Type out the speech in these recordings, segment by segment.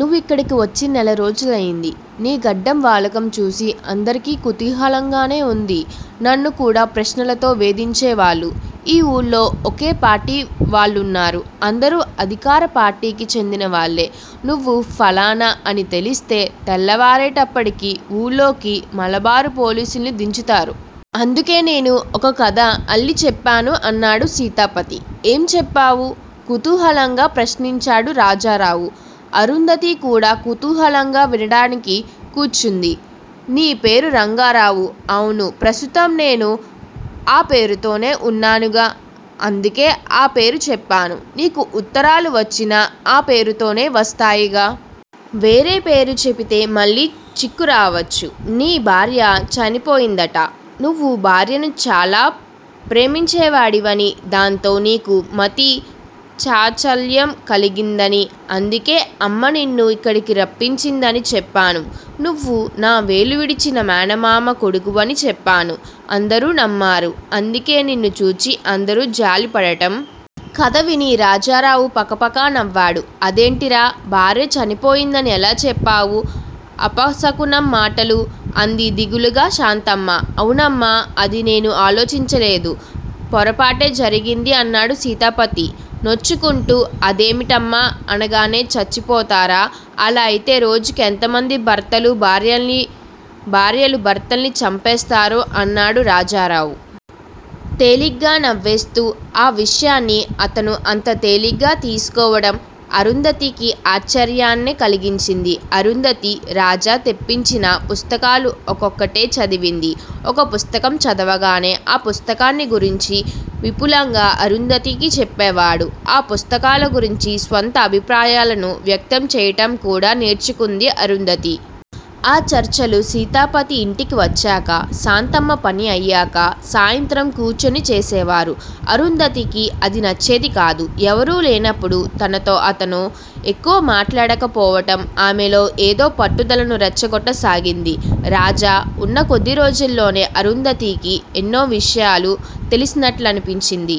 నువ్వు ఇక్కడికి వచ్చి నెల రోజులయింది. నీ గడ్డం వాలకం చూసి అందరికీ కుతిహలంగానే వుంది. నన్ను కూడా ప్రశ్నలతో వేధించేవాళ్ళు. ఈ ఊళ్ళో ఒకే పార్టీ వాళ్ళున్నారు. అందరూ అధికార పార్టీకి చెందిన వాళ్ళే. నువ్వు ఫలానా అని తెలిస్తే తెల్లవారేటప్పటికి వూళ్ళోకి మలబారు పోలీసుల్ని దించుతారు. అందుకే నేను ఒక కథ అల్లి చెప్పాను అన్నాడు సీతాపతి. ఏం చెప్పావు? కుతూహలంగా ప్రశ్నించాడు రాజారావు. అరుంధతి కూడా కుతూహలంగా వినడానికి కూచుంది. నీ పేరు రంగారావు. అవును, ప్రస్తుతం నేను ఆ పేరుతోనే ఉన్నానుగా. అందుకే ఆ పేరు చెప్పాను. నీకు ఉత్తరాలు వచ్చినా ఆ పేరు తోనే వస్తాయిగా! వేరే పేరు చెబితే మళ్ళీ చిక్కురావచ్చు. నీ భార్య చనిపోయిందట. నువ్వు భార్యను చాలా ప్రేమించేవాడివనీ, దాంతో నీకు మతి చాచల్యం కలిగిందనీ, అందుకే అమ్మ నిన్ను ఇక్కడకు రప్పించిందనీ చెప్పాను. నువ్వు నా వేలు విడిచిన మేనమామ కొడుకువనీ చెప్పాను. అందరూ నమ్మారు. అందుకే నిన్ను చూచి అందరూ జాలిపడడం. కథ విని రాజారావు పక పకా నవ్వాడు. అదేంటిరా, భార్య చనిపోయిందని ఎలా చెప్పావు? అపశకునం మాటలు? అంది దిగులుగా శాంతమ్మ. అవునమ్మా! అది నేను ఆలోచించలేదు. పొరపాటే జరిగింది అన్నాడు సీతాపతి నొచ్చుకుంటూ. అదేమిటమ్మా? అనగానే చచ్చిపోతారా! అలా అయితే రోజుకు ఎంతమంది భర్తలు భార్యల్నీ, భార్యలు భర్తల్నీ చంపేస్తారో అన్నాడు రాజారావు! తేలిగ్గా నవ్వేస్తూ. ఆ విషయాన్ని అతను అంత తేలిగ్గా తీసుకోవడం అరుంధతికి ఆశ్చర్యాన్ని కలిగించింది. అరుంధతి రాజా తెప్పించిన పుస్తకాలు ఒక్కొక్కటే చదివింది. ఒక పుస్తకం చదవగానే ఆ పుస్తకాన్ని గురించి విపులంగా అరుంధతికి చెప్పేవాడు. ఆ పుస్తకాల గురించి స్వంత అభిప్రాయాలను వ్యక్తం చెయ్యటం కూడా నేర్చుకుంది అరుంధతి. ఆ చర్చలు సీతాపతి ఇంటికి వచ్చాక శాంతమ్మ పని అయ్యాక సాయంత్రం కూచుని చేసేవారు. అరుంధతికి అది నచ్చేది కాదు. ఎవరూ లేనప్పుడు తనతో అతను ఎక్కువ మాట్లాడక పోవటం ఆమెలో ఏదో పట్టుదలను రెచ్చగొట్ట సాగింది. రాజా ఉన్న కొద్ది రోజుల్లోనే అరుంధతికి ఎన్నో విషయాలు తెలిసినట్లనిపించింది.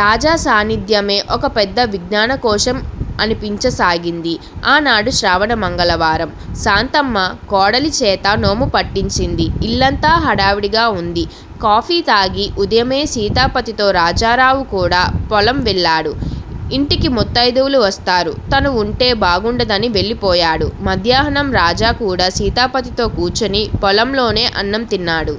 రాజా సాన్నిధ్యమే ఒక పెద్ద విజ్ఞానకోశం అనిపించసాగింది. ఆనాడు శ్రావణ మంగళవారం. శాంతమ్మ, కోడలి చేత నోము పట్టించింది. ఇల్లంతా హడావిడిగా వుంది. కాఫీ తాగి ఉదయమే సీతాపతితో రాజారావు కూడా పొలం వెళ్ళాడు. ఇంటికి ముత్తయిదువులు వస్తారు. తను వుంటే బాగుండదని వెళ్ళిపోయాడు. మధ్యాహ్నం రాజా కూడా సీతాపతితో కూర్చోని పొలంలోనే అన్నం తిన్నాడు.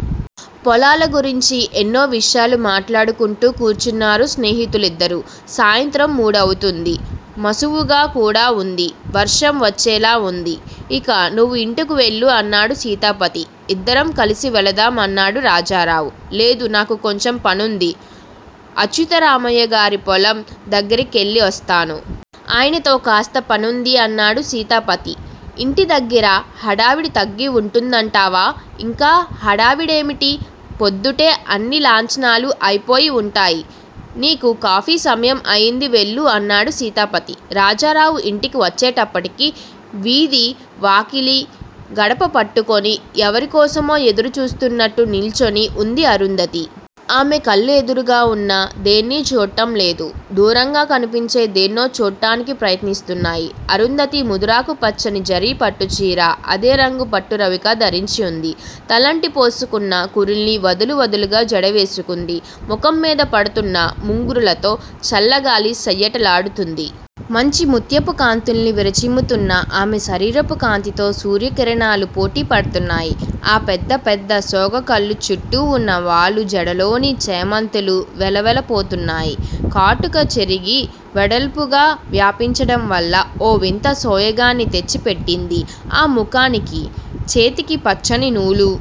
పొలాల గురించి ఎన్నో విషయాలు మాట్లాడుకుంటూ కూచున్నారు స్నేహితులిద్దరు. సాయంత్రం మూడవుతుంది. మసువుగా కూడా వుంది. వర్షం వచ్చేలా వుంది. ఇక నువ్వు ఇంటికి వెళ్ళు అన్నాడు సీతాపతి. ఇద్దరం కలిసి వెళదాం అన్నాడు రాజారావు. లేదు నాకు కొంచెం పనుంది. అచ్యుతరామయ్యగారి పొలం దగ్గిరకెళ్ళివస్తాను. ఆయనతో కాస్త పనివుంది అన్నాడు సీతాపతి. ఇంటి దగ్గర హడావిడి తగ్గి వుంటుందంటావా? ఇంకా హడావిడేమిటి? పొద్దుటే అన్ని లాంఛనాలూ అయిపోయి వుంటాయి. నీకు కాఫీ సమయం అయింది వెళ్ళు అన్నాడు సీతాపతి. రాజారావు ఇంటికి వచ్చేటప్పటికి వీధి వాకిలి గడప పట్టుకోని ఎవరికోసమో ఎదురుచూస్తున్నట్టు నిల్చొని ఉంది అరుంధతి. ఆమె కళ్ళు ఎదురుగా ఉన్న దేన్నీ చూట్టంలేదు. దూరంగా కనిపించే దేన్నో చూట్టానికి ప్రయత్నిస్తున్నాయి. అరుంధతి ముదురాకు పచ్చని జరీ పట్టుచీర, అదే రంగు పట్టు రవికా ధరించి ఉంది. తలంటి పోసుకున్న కురుల్ని వదులు వదులుగా జడ వేసుకుంది. ముఖం మీద పడుతున్న ముంగురులతో చల్లగాలి సయ్యాటలాడుతూంది. మంచి ముత్యపు కాంతుల్ని విరజిమ్ముతున్న ఆమె శరీరపు కాంతితో సూర్యకిరణాలు పోటీ పడుతున్నాయి. ఆ పెద్ద పెద్ద సోగ కళ్ళు చుట్టూ వున్న వాలు జడలోని చేమంతులు వెలవెల పోతున్నాయి. కాటుక చెరిగి వెడల్పుగా వ్యాపించడం వల్ల ఓ వింత సోయగాన్ని తెచ్చి పెట్టింది ఆ ముఖానికి. చేతికి పచ్చని నూలు